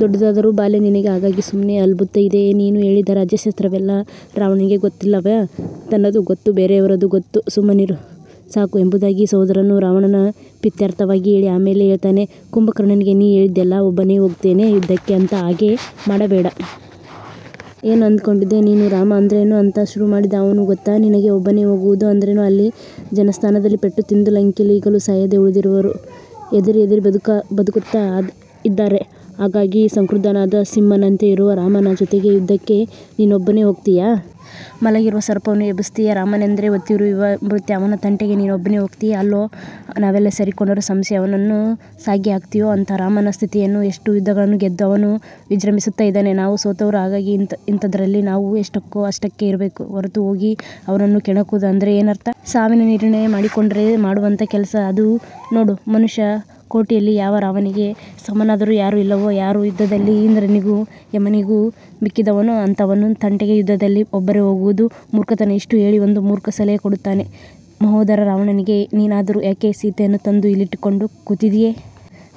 ದೊಡ್ಡದಾದರೂ ಬಾಲ್ಯ ನಿನಗೆ. ಹಾಗಾಗಿ ಸುಮ್ನೆ ಹಲುಬ್ತಾ ಇದೀಯೆ. ನೀನು ಹೇಳಿದ ರಾಜ್ಯಶಾಸ್ತ್ರವೆಲ್ಲ ರಾವಣನಿಗೆ ಗೊತ್ತಿಲ್ಲವಾ? ತನ್ನದೂ ಗೊತ್ತು, ಬೇರೆಯವರದೂ ಗೊತ್ತು. ಸುಮ್ಮನಿರು ಸಾಕು ಎಂಬುದಾಗಿ ಸಹೋದರನು ರಾವಣನ ಪ್ರೀತ್ಯರ್ಥವಾಗಿ ಹೇಳಿ ಆಮೇಲೆ ಹೇಳ್ತಾನೆ ಕುಂಭಕರ್ಣನಿಗೆ. ನೀ ಹೇಳಿದ್ಯಲ್ಲ ಒಬ್ಬನೇ ಹೋಗ್ತೇನೆ ಯುದ್ಧಕ್ಕೆ ಅಂತ ಹಾಗೆ ಮಾಡಬೇಡ. ಏನು ಅಂದ್ಕೊಂಡಿದೀಯೆ ನೀನು? ರಾಮ ಅಂದ್ರೇನು ಅಂತ ಶುರುಮಾಡಿದ ಅವ್ನು. ಗೊತ್ತಾ ನಿನಗೆ ಒಬ್ಬನೇ ಹೋಗುವುದು ಅಂದ್ರೇನು. ಅಲ್ಲಿ ಜನಸ್ಥಾನದಲ್ಲಿ ಪೆಟ್ಟು ತಿಂದು ಲಂಕೆಯಲ್ಲಿ ಈಗಲೂ ಸಾಯದೇ ಉಳಿದಿರುವವರು ಹೆದರಿ ಹೆದರಿ ಬದುಕ್ತಾ ಇದಾರೆ. ಹಾಗಾಗಿ ಸಂಕ್ರುದ್ಧನಾದ ಸಿಂಹನಂತೆ ಇರುವ ರಾಮನ ಜೊತೆಗೆ ಯುದ್ಧಕ್ಕೆ ನೀನೊಬ್ಬನೇ ಹೋಗ್ತೀಯ. ಮಲಗಿರುವ ಸರ್ಪವನ್ನು ಎಬ್ಬಿಸ್ತೀಯಾ ರಾಮನೆಂದರೆ ಹೊತ್ತಿಯುರಿಯುವ ಮೃತ್ಯು. ಅವನ ತಂಟೆಗೆ ನೀನೊಬ್ಬನೇ ಹೋಗ್ತೀಯಾ ಅಲ್ವೋ, ನಾವೆಲ್ಲಾ ಸೇರಿಕೊಂಡರೂ ಸಂಶಯ ಅವನನ್ನು ಸಾಗಿಹಾಕ್ತೇವೋ ಅಂತ. ರಾಮನ ಸ್ಥಿತಿಯೇನು ಎಷ್ಟೋ ಯುದ್ಧಗಳನ್ನು ಗೆದ್ದು ಅವನು ವಿಜೃಂಭಿಸ್ತಾ ಇದ್ದಾನೆ. ನಾವು ಸೋತವರು. ಹಾಗಾಗಿ ಇಂಥದ್ದರಲ್ಲಿ ನಾವು ಎಷ್ಟುಕ್ಕೋ ಅಷ್ಟಕ್ಕೆ ಇರಬೇಕು ಹೊರತು ಹೋಗಿ ಅವನನ್ನು ಕೆಣಕುವುದು ಅಂದ್ರೆ ಏನರ್ಥ. ಸಾವಿನ ನಿರ್ಣಯ ಮಾಡಿಕೊಂಡರೆ ಮಾಡುವಂಥ ಕೆಲಸ ಅದು. ನೋಡು ಮನುಷ್ಯಕೋಟಿಯಲ್ಲಿ ಯಾವ ರಾವನಿಗೆ ಸಮನಾದವರು ಯಾರೂ ಇಲ್ಲವೋ, ಯಾರು ಯುದ್ಧದಲ್ಲಿ ಇಂದ್ರನಿಗೂ, ಯಮನಿಗೂ ಮಿಕ್ಕಿದವನೋ ಅಂಥವನ ತಂಟೆಗೆ ಯುದ್ಧದಲ್ಲಿ ಒಬ್ಬರೇ ಹೋಗುವುದು ಮೂರ್ಖತನ. ಇಷ್ಟು ಹೇಳಿ ಒಂದು ಮೂರ್ಖ ಸಲಹೆ ಕೊಡ್ತಾನೆ ಮಹೋದರ ರಾವಣನಿಗೆ. ನೀನಾದರೂ ಯಾಕೆ ಸೀತೆಯನ್ನು ತಂದು ಇಲ್ಲಿಟ್ಟುಕೊಂಡು ಕೂತಿದೀಯೆ?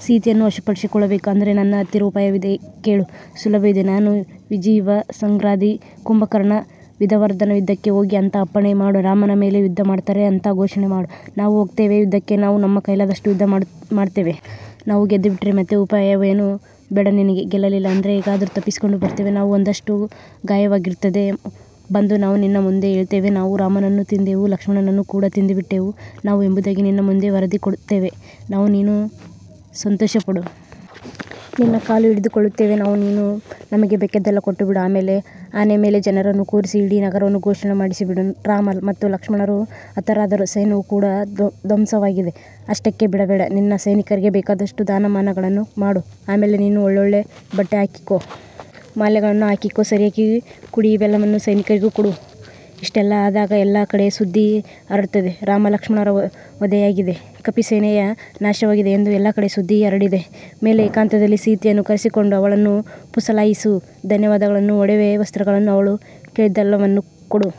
ಸೀತೆಯನ್ನು ವಶಪಡಿಸಿಕೊಳ್ಬೇಕು ಅಂದ್ರೆ ನನ್ನ ಹತ್ತಿರ ಉಪಾಯವಿದೆ. ಕೇಳು. ಸುಲಭವಿದೆ. ನಾನು, ವಿಜಿಹ್ವ, ಸಂಘ್ರಾದಿ, ಕುಂಭಕರ್ಣ, ವಿದರ್ಧನ ಯುದ್ಧಕ್ಕೆ ಹೋಗಿ ಅಂತ ಅಪ್ಪಣೆ ಮಾಡು. ರಾಮನ ಮೇಲೆ ಯುದ್ಧ ಮಾಡ್ತಾರೆ ಅಂತ ಘೋಷಣೆ ಮಾಡು. ನಾವು ಹೋಗ್ತೇವೆ ಯುದ್ಧಕ್ಕೆ. ನಾವು ನಮ್ಮ ಕೈಲಾದಷ್ಟು ಯುದ್ಧ ಮಾಡ್ತೇವೆ. ನಾವು ಗೆದ್ದುಬಿಟ್ಟರೆ ಮತ್ತೆ ಉಪಾಯವೇನೂ ಬೇಡ ನಿನಗೆ. ಗೆಲ್ಲಲಿಲ್ಲ ಅಂದ್ರೆ ಹೇಗಾದರೂ ತಪ್ಪಿಸಿಕೊಂಡು ಬರ್ತೇವೆ ನಾವು. ಒಂದಷ್ಟು ಗಾಯವಾಗಿರ್ತದೆ. ಬಂದು ನಾವು ನಿನ್ನ ಮುಂದೆ ಹೇಳ್ತೇವೆ. ನಾವು ರಾಮನನ್ನು ತಿಂದೆವು. ಲಕ್ಷ್ಮಣನನ್ನೂ ಕೂಡ ತಿಂದುಬಿಟ್ಟೆವು ನಾವು ಎಂಬುದಾಗಿ ನಿನ್ನ ಮುಂದೆ ವರದಿ ಕೊಡ್ತೇವೆ ನಾವು. ನೀನು ಸಂತೋಷಪಡು. ನಿನ್ನ ಕಾಲು ಹಿಡಿದುಕೊಳ್ತೇವೆ ನಾವು. ನೀನು ನಮಗೆ ಬೇಕಾದ್ದೆಲ್ಲ ಕೊಟ್ಟುಬಿಡು. ಆಮೇಲೆ ಆನೆ ಮೇಲೆ ಜನರನ್ನು ಕೂರಿಸಿ ಇಡೀ ನಗರವನ್ನು ಘೋಷಣೆ ಮಾಡಿಸಿಬಿಡು. ರಾಮ ಮತ್ತು ಲಕ್ಷ್ಮಣರು ಹತರಾದರು ಸೈನ್ಯವೂ ಕೂಡ ಧ್ವಂಸವಾಗಿದೆ. ಅಷ್ಟಕ್ಕೇ ಬಿಡಬೇಡ. ನಿನ್ನ ಸೈನಿಕರಿಗೆ ಬೇಕಾದಷ್ಟು ದಾನಮಾನಗಳನ್ನು ಮಾಡು. ಆಮೇಲೆ ನೀನು ಒಳ್ಳೊಳ್ಳೆ ಬಟ್ಟೆ ಹಾಕಿಕೋ. ಮಾಲೆಗಳನ್ನು ಹಾಕಿಕೋ. ಸರಿಯಾಗಿ ಕುಡಿ. ಇವೆಲ್ಲವನ್ನೂ ಸೈನಿಕರಿಗೂ ಕೊಡು. ಇಷ್ಟೆಲ್ಲ ಆದಾಗ ಎಲ್ಲ ಕಡೆ ಸುದ್ದಿ ಹರಡ್ತದೆ. ರಾಮ-ಲಕ್ಷ್ಮಣರ ವಧೆಯಾಗಿದೆ. ಕಪಿಸೇನೆಯ ನಾಶವಾಗಿದೆ ಎಂದು ಎಲ್ಲಾ ಕಡೆ ಸುದ್ದಿ ಹರಡಿದ ಮೇಲೆ ಏಕಾಂತದಲ್ಲಿ ಸೀತೆಯನ್ನು ಕರೆಸಿಕೊಂಡು ಅವಳನ್ನು ಪುಸಲಾಯಿಸು. ಧನಧಾನ್ಯಗಳನ್ನು, ಒಡವೆ ವಸ್ತ್ರಗಳನ್ನು, ಅವಳು ಕೇಳಿದ್ದೆಲ್ಲವನ್ನೂ ಕೊಡು.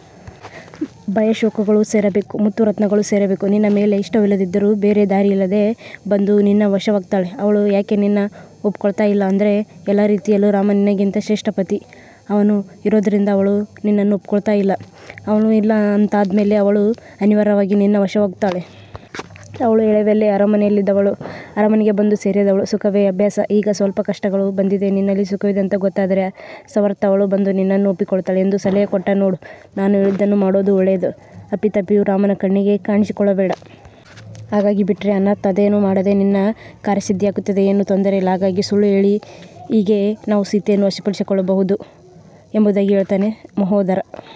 ಭಯ-ಶೋಕಗಳೂ ಸೇರಬೇಕು. ಮುತ್ತು-ರತ್ನಗಳೂ ಸೇರಬೇಕು. ನಿನ್ನ ಮೇಲೆ ಇಷ್ಟವಿಲ್ಲದಿದ್ದರೂ ಬೇರೆ ದಾರಿಯಿಲ್ಲದೇ ಬಂದು ನಿನ್ನ ವಶವಾಗ್ತಾಳೆ. ಅವಳು ಯಾಕೆ ನಿನ್ನನ್ನ ಒಪ್ಕೊಳ್ತಾ ಇಲ್ಲ ಅಂದ್ರೆ ಎಲ್ಲಾ ರೀತಿಯಲ್ಲೂ ರಾಮ ನಿನಗಿಂತ ಶ್ರೇಷ್ಠ ಪತಿ. ಅವನು ಇರೋದ್ರಿಂದ ಅವಳು ನಿನನ್ನ ಒಪ್ಕೊಳ್ತಾ ಇಲ್ಲ. ಅವನು ಇಲ್ಲ ಅಂತಾದ್ಮೇಲೆ ಅವಳು ಅನಿವಾರ್ಯವಾಗಿ ನಿನ್ನ ವಶವಾಗ್ತಾಳೆ. ಅವಳು ಎಳವೆಯಲ್ಲೇ ಅರಮನೆಯಲ್ಲಿದ್ದವಳು, ಅರಮನೆಗೇ ಬಂದು ಸೇರಿದವಳು. ಸುಖವೇ ಅಭ್ಯಾಸ. ಈಗ ಸ್ವಲ್ಪ ದುಃಖ, ಕಷ್ಟಗಳು ಬಂದಿದೆ. ನಿನ್ನಲ್ಲಿ ಸುಖವಿದೆ ಅಂತ ಗೊತ್ತಾದರೆ ಸರ್ವಥಾ ಅವಳು ಬಂದು ನಿನ್ನನ್ನು ಒಪ್ಪಿಕೊಳ್ತಾಳೆ ಎಂದು ಸಲಹೆ ಕೊಟ್ಟ. ನೋಡು ನಾನು ಹೇಳಿದ್ದನ್ನು ಮಾಡೋದು ಒಳ್ಳೆಯದು. ಅಪ್ಪಿತಪ್ಪಿಯೂ ರಾಮನ ಕಣ್ಣಿಗೆ ಕಾಣಿಸಿಕೊಳ್ಳಬೇಡ. ಹಾಗಾಗಿಬಿಟ್ಟರೆ ಅನರ್ಥ. ಅದೇನೂ ಮಾಡದೆ ನಿನ್ನ ಕಾರ್ಯಸಿದ್ಧಿಯಾಗ್ತದೆ. ಏನೂ ತೊಂದರೆಯಿಲ್ಲ. ಹಾಗಾಗಿ ಸುಳ್ಳುಹೇಳಿ ಹೀಗೆ ನಾವು ಸೀತೆಯನ್ನು ವಶಪಡಿಸಿಕೊಳ್ಳಬಹುದು ಎಂಬುದಾಗಿ ಹೇಳ್ತಾನೆ ಮಹೋದರ.